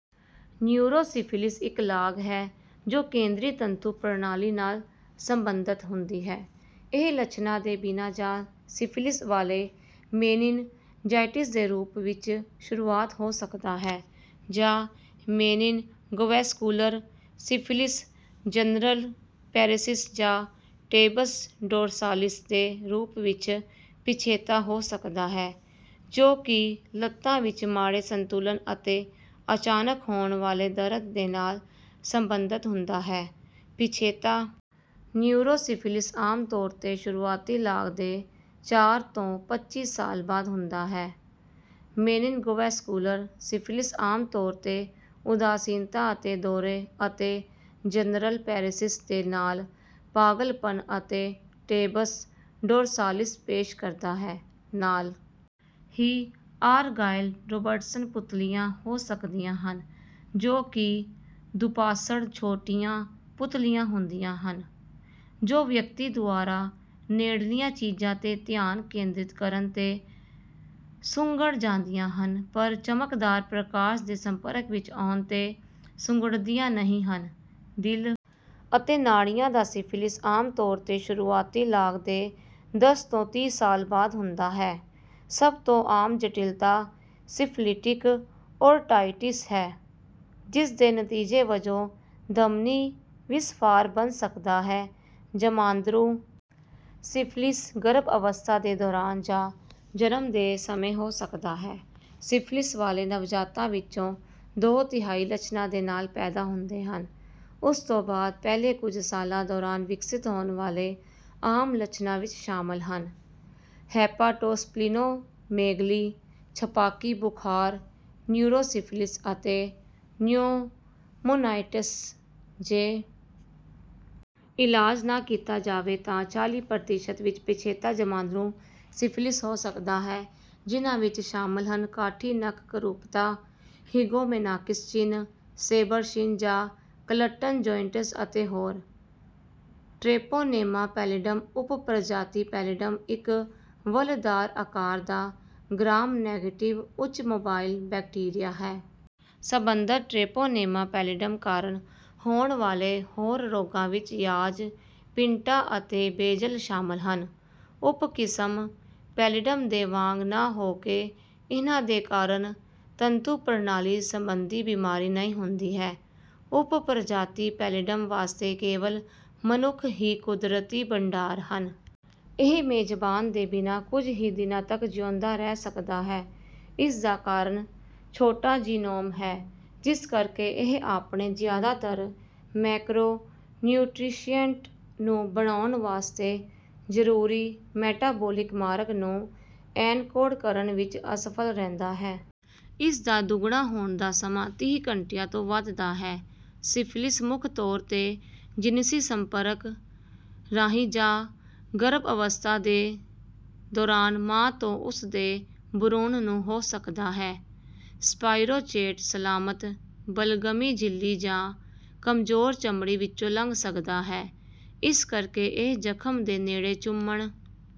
Neurosyphilis ਇੱਕ ਲਾਗ ਹੈ, ਜੋ ਕੇਂਦਰੀ ਤੰਤੂ ਪ੍ਰਣਾਲੀ ਨਾਲ ਸਬੰਧਤ ਹੁੰਦੀ ਹੈ। ਇਹ ਲੱਛਣਾਂ ਦੇ ਬਿਨਾਂ ਜਾਂ ਸਿਫਿਲਿਸ ਵਾਲੇ ਮੇਨਿਨਜਾਈਟਿਸ ਦੇ ਰੂਪ ਵਿੱਚ ਸ਼ੁਰੂਆਤ ਹੋ ਸਕਦਾ ਹੈ, ਜਾਂ ਮੇਨਿਨਗੋਵੈਸਕੁਲਰ ਸਿਫਿਲਿਸ, ਜਨਰਲ ਪੈਰਿਸਿਸ, ਜਾਂ ਟੇਬਸ ਡੋਰਸਾਲਿਸ ਦੇ ਰੂਪ ਵਿੱਚ ਪਿਛੇਤਾ ਹੋ ਸਕਦਾ ਹੈ, ਜੋ ਕਿ ਲੱਤਾਂ ਵਿੱਚ ਮਾੜੇ ਸੰਤੁਲਨ ਅਤੇ ਅਚਾਨਕ ਹੋਣ ਵਾਲੇ ਦਰਦ ਦੇ ਨਾਲ ਸੰਬੰਧਤ ਹੁੰਦਾ ਹੈ। ਪਿਛੇਤਾ ਨਿਊਰੋਸਿਫਿਲਿਸ ਆਮ ਤੌਰ 'ਤੇ ਸ਼ੁਰੂਆਤੀ ਲਾਗ ਦੇ ਚਾਰ ਤੋਂ ਪੱਚੀ ਸਾਲ ਬਾਅਦ ਹੁੰਦਾ ਹੈ। ਮੇਨਿਨਗੋਵੈਸਕੁਲਰ ਸਿਫਿਲਿਸ ਆਮ ਤੌਰ 'ਤੇ ਉਦਾਸੀਨਤਾ ਅਤੇ ਦੌਰੇ, ਅਤੇ ਜਨਰਲ ਪੈਰਿਸਿਸ ਦੇ ਨਾਲ ਪਾਗਲਪਣ ਅਤੇ ਟੇਬਸ ਡੋਰਸਾਲਿਸ ਪੇਸ਼ ਕਰਦਾ ਹੈ। ਨਾਲ ਹੀ, ਆਰਗਾਈਲ ਰੋਬਰਟਸਨ ਪੁਤਲੀਆਂ ਹੋ ਸਕਦੀਆਂ ਹਨ, ਜੋ ਕਿ ਦੁਪਾਸੜ ਛੋਟੀਆਂ ਪੁਤਲੀਆਂ ਹੁੰਦੀਆਂ ਹਨ, ਜੋ ਵਿਅਕਤੀ ਦੁਆਰਾ ਨੇੜਲੀਆਂ ਚੀਜ਼ਾਂ 'ਤੇ ਧਿਆਨ ਕੇਂਦ੍ਰਿਤ ਕਰਨ 'ਤੇ ਸੁੰਗੜ ਜਾਂਦੀਆਂ ਹਨ, ਪਰ ਚਮਕਦਾਰ ਪ੍ਰਕਾਸ਼ ਦੇ ਸੰਪਰਕ ਵਿੱਚ ਆਉਣ 'ਤੇ ਸੁੰਗੜਦੀਆਂ ਨਹੀਂ ਹਨ। ਦਿਲ ਅਤੇ ਨਾੜੀਆਂ ਦਾ ਸਿਫਿਲਿਸ ਆਮ ਤੌਰ 'ਤੇ ਸ਼ੁਰੂਆਤੀ ਲਾਗ ਦੇ ਦਸ ਤੋਂ ਤੀਹ ਸਾਲ ਬਾਅਦ ਹੁੰਦਾ ਹੈ। ਸਭ ਤੋਂ ਆਮ ਜਟਿਲਤਾ ਸੀਫਲਿਟਿਕ ਔਰਟਾਈਟਿਸ ਹੈ, ਜਿਸ ਦੇ ਨਤੀਜੇ ਵਜੋਂ ਧਮਨੀ ਵਿਸਫਾਰ ਬਣ ਸਕਦਾ ਹੈ। ਜਮਾਂਦਰੂ ਸਿਫਿਲਿਸ ਗਰਭ-ਅਵਸਥਾ ਦੇ ਦੌਰਾਨ ਜਾਂ ਜਨਮ ਦੇ ਸਮੇਂ ਹੋ ਸਕਦਾ ਹੈ। ਸਿਫਿਲਿਸ ਵਾਲੇ ਨਵਜਾਤਾਂ ਵਿੱਚੋਂ ਦੋ-ਤਿਹਾਈ ਲੱਛਣਾਂ ਦੇ ਨਾਲ ਪੈਦਾ ਹੁੰਦੇ ਹਨ। ਉਸ ਤੋਂ ਬਾਅਦ ਪਹਿਲੇ ਕੁਝ ਸਾਲਾਂ ਦੌਰਾਨ ਵਿਕਸਿਤ ਹੋਣ ਵਾਲੇ ਆਮ ਲੱਛਣਾਂ ਵਿੱਚ ਸ਼ਾਮਲ ਹਨ: ਹੈਪਾਟੋਸਪਲੀਨੋਮੇਗਲੀ, ਛਪਾਕੀ, ਬੁਖ਼ਾਰ, ਨਿਊਰੋਸਿਫਿਲਿਸ ਅਤੇ ਨਿਊਮੋਨਾਈਟਿਸ। ਜੇ ਇਲਾਜ ਨਾ ਕੀਤਾ ਜਾਵੇ, ਤਾਂ ਚਾਲੀ ਪ੍ਰਤੀਸ਼ਤ ਵਿੱਚ ਪਿਛੇਤਾ ਜਮਾਂਦਰੂ ਸਿਫਿਲਿਸ ਹੋ ਸਕਦਾ ਹੈ, ਜਿਨ੍ਹਾਂ ਵਿੱਚ ਸ਼ਾਮਲ ਹਨ: ਕਾਠੀ ਨੱਕ ਕਰੂਪਤਾ, ਹਿਗੋਉਮੇਨਾਕਿਸ ਚਿੰਨ੍ਹ, ਸੇਬਰ ਸ਼ਿਨ, ਜਾਂ ਕਲੱਟਨ ਜੋਇੰਟਸ ਅਤੇ ਹੋਰ। ਟ੍ਰੇਪੋਨੇਮਾ ਪੈਲਿਡਮ ਉਪ-ਪ੍ਰਜਾਤੀ ਪੈਲਿਡਮ ਇੱਕ ਵੱਲਦਾਰ ਆਕਾਰ ਦਾ, ਗ੍ਰਾਮ-ਨੇਗੇਟਿਵ, ਉੱਚ ਮੋਬਾਈਲ ਬੈਕਟੀਰੀਆ ਹੈ। ਸਬੰਧਤ ਟ੍ਰੇਪੋਨੇਮਾ ਪੈਲਿਡਮ ਕਾਰਨ ਹੋਣ ਵਾਲੇ ਹੋਰ ਰੋਗਾਂ ਵਿੱਚ ਯਾਜ, ਪਿੰਟਾ ਅਤੇ ਬੇਜਲ ਸ਼ਾਮਲ ਹਨ। ਉਪ-ਕਿਸਮ ਪੈਲਿਡਮ ਦੇ ਵਾਂਗ ਨਾ ਹੋ ਕੇ, ਇਹਨਾਂ ਦੇ ਕਾਰਨ ਤੰਤੂ ਪ੍ਰਣਾਲੀ ਸਬੰਧੀ ਬਿਮਾਰੀ ਨਹੀਂ ਹੁੰਦੀ ਹੈ। ਉਪ-ਪ੍ਰਜਾਤੀ ਪੈਲਿਡਮ ਵਾਸਤੇ ਕੇਵਲ ਮਨੁੱਖ ਹੀ ਕੁਦਰਤੀ ਭੰਡਾਰ ਹਨ। ਇਹ ਮੇਜ਼ਬਾਨ ਦੇ ਬਿਨਾਂ ਕੁਝ ਹੀ ਦਿਨਾਂ ਤੱਕ ਜਿਉਂਦਾ ਰਹਿ ਸਕਦਾ ਹੈ। ਇਸ ਦਾ ਕਾਰਨ ਛੋਟਾ ਜਿਨੋਮ ਹੈ, ਜਿਸ ਕਰਕੇ ਇਹ ਆਪਣੇ ਜ਼ਿਆਦਾਤਰ ਮੈਕਰੋ-ਨਿਊਟ੍ਰੀਸ਼ਿਏਂਟ ਨੂੰ ਬਣਾਉਣ ਵਾਸਤੇ ਜ਼ਰੂਰੀ ਮੈਟਾਬੋਲਿਕ ਮਾਰਗ ਨੂੰ ਐਨਕੋਡ ਕਰਨ ਵਿੱਚ ਅਸਫਲ ਰਹਿੰਦਾ ਹੈ। ਇਸ ਦਾ ਦੁੱਗਣਾ ਹੋਣ ਦਾ ਸਮਾਂ ਤੀਹ ਘੰਟਿਆਂ ਤੋਂ ਵੱਧ ਦਾ ਹੈ। ਸਿਫਿਲਿਸ ਮੁੱਖ ਤੌਰ 'ਤੇ ਜਿਨਸੀ ਸੰਪਰਕ ਰਾਹੀਂ ਜਾਂ ਗਰਭ-ਅਵਸਥਾ ਦੇ ਦੌਰਾਨ ਮਾਂ ਤੋਂ ਉਸ ਦੇ ਭਰੂਣ ਨੂੰ ਹੋ ਸਕਦਾ ਹੈ। ਸਪਾਇਰੋਚੇਟ ਸਲਾਮਤ ਬਲਗਮੀ ਝਿੱਲੀ ਜਾਂ ਕਮਜ਼ੋਰ ਚਮੜੀ ਵਿੱਚੋਂ ਲੰਘ ਸਕਦਾ ਹੈ। ਇਸ ਕਰਕੇ ਇਹ ਜਖਮ ਦੇ ਨੇੜੇ ਚੁੰਮਣ...